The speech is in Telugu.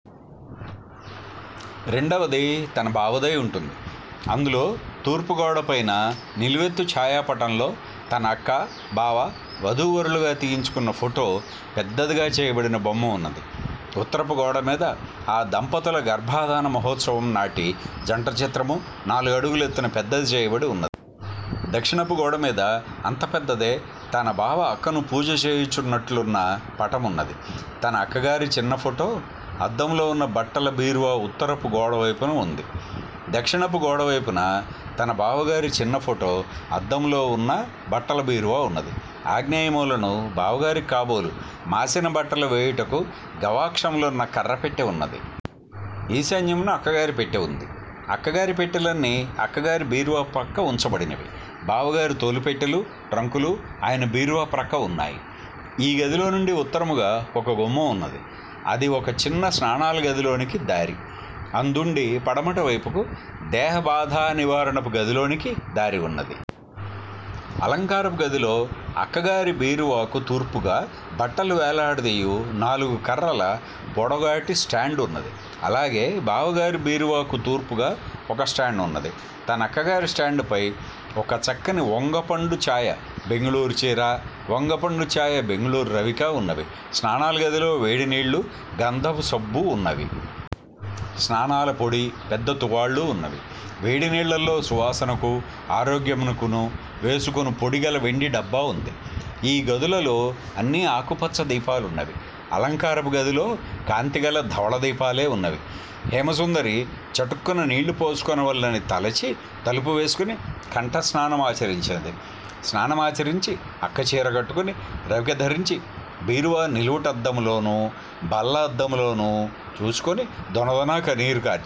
రెండవది తనబావదై ఉంటుంది. అందులో తూర్పు గోడపైన నిలువెత్తు ఛాయాపటంలో తన అక్కా, బావా వధూవరులుగా తీయించుకున్న ఫోటో పెద్దదిగా చేయబడిన బొమ్మ వున్నది. ఉత్తరపు గోడమీద ఆ దంపతుల గర్భాదాన మహోత్సవము నాటి జంట చిత్రము, నాలుగు అడుగుల ఎత్తున పెద్దది చేయబడి వున్నది. దక్షిణపు గోడమీద అంత పెద్దదే తనబావ అక్కను పూజ చేయుచున్నట్లున్న పటమున్నది. తన అక్క్గగారి చిన్నఫోటో అద్దములోవున్న బట్టల బీరువా ఉత్తరపు గోడవైపున వుంది. దక్షిణపు గోడవైపున తన బావగారి చిన్న ఫోటో అద్దములో ఉన్న బట్టల బీరువా ఉన్నది. ఆగ్నేయమూలను బావగారికి కాబోలు మాసినబట్టలు వేయుటకు గవాక్షములున్న కఱ్ఱ పెట్టె ఉన్నది. ఈశాన్యమున అక్కగారి పెట్టె ఉంది. అక్కగారి పెట్టేలన్నీ అక్కగారి బీరువాప్రక్క ఉంచబడినవి. బావగారి తోలుపెట్టెలూ, ట్రంకులూ ఆయన బీరువాప్రక్క ఉన్నాయి. ఈ గదిలోనుండి ఉత్తరంగా ఒక గుమ్మం ఉన్నది. అది ఒక చిన్న స్నానాలగదిలోనికి దారి. అందుండి పడమటివైపుకు దేహబాధా నివారణపు గదిలోనికి దారి ఉన్నది. అలంకారపు గదిలో అక్కగారి బీరువాకు తూర్పుగా బట్టలు వ్రేలాడదీయు నాలుగు కఱ్ఱల పొడుగాటి స్టాండున్నది. అలాగే బావగారి బీరువాకు తూర్పుగా ఒక స్టాండు ఉన్నది. తన అక్కగారి స్టాండుపై ఒక చక్కని వంగపండు చాయ బెంగుళూరు చీరా, వంగపండు చాయ బెంగుళూరు రవికా ఉన్నవి. స్నానాలగదిలో వేడినీళ్ళూ, గంధపు సబ్బూ వున్నవి. స్నానాల పొడీ పెద్ద తువాళ్ళూ వున్నవి. వేడినీళ్ళలో సువాసనకూ ఆరోగ్యమునకూ వేసుకొను పొడిగల వెండి డబ్బా వుంది. ఈ గదులలో అన్నీ ఆకుపచ్చ దీపాలున్నవి. అలంకారపు గదిలో కాంతిగల ధవళదీపాలే వున్నవి. హేమసుందరి చటుక్కున నీళ్ళుపోసుకొనవలెనని తలచి, తలుపు వేసుకొని, కంఠస్నావ మాచరించినది. స్నానమాచరించి, అక్క చీరకట్టుకొని, రవిక ధరించి బీరువా నిలువటద్దములోనూ, బల్ల అద్దములోను చూచికొని, దొనదొన కన్నీరు కార్చినది.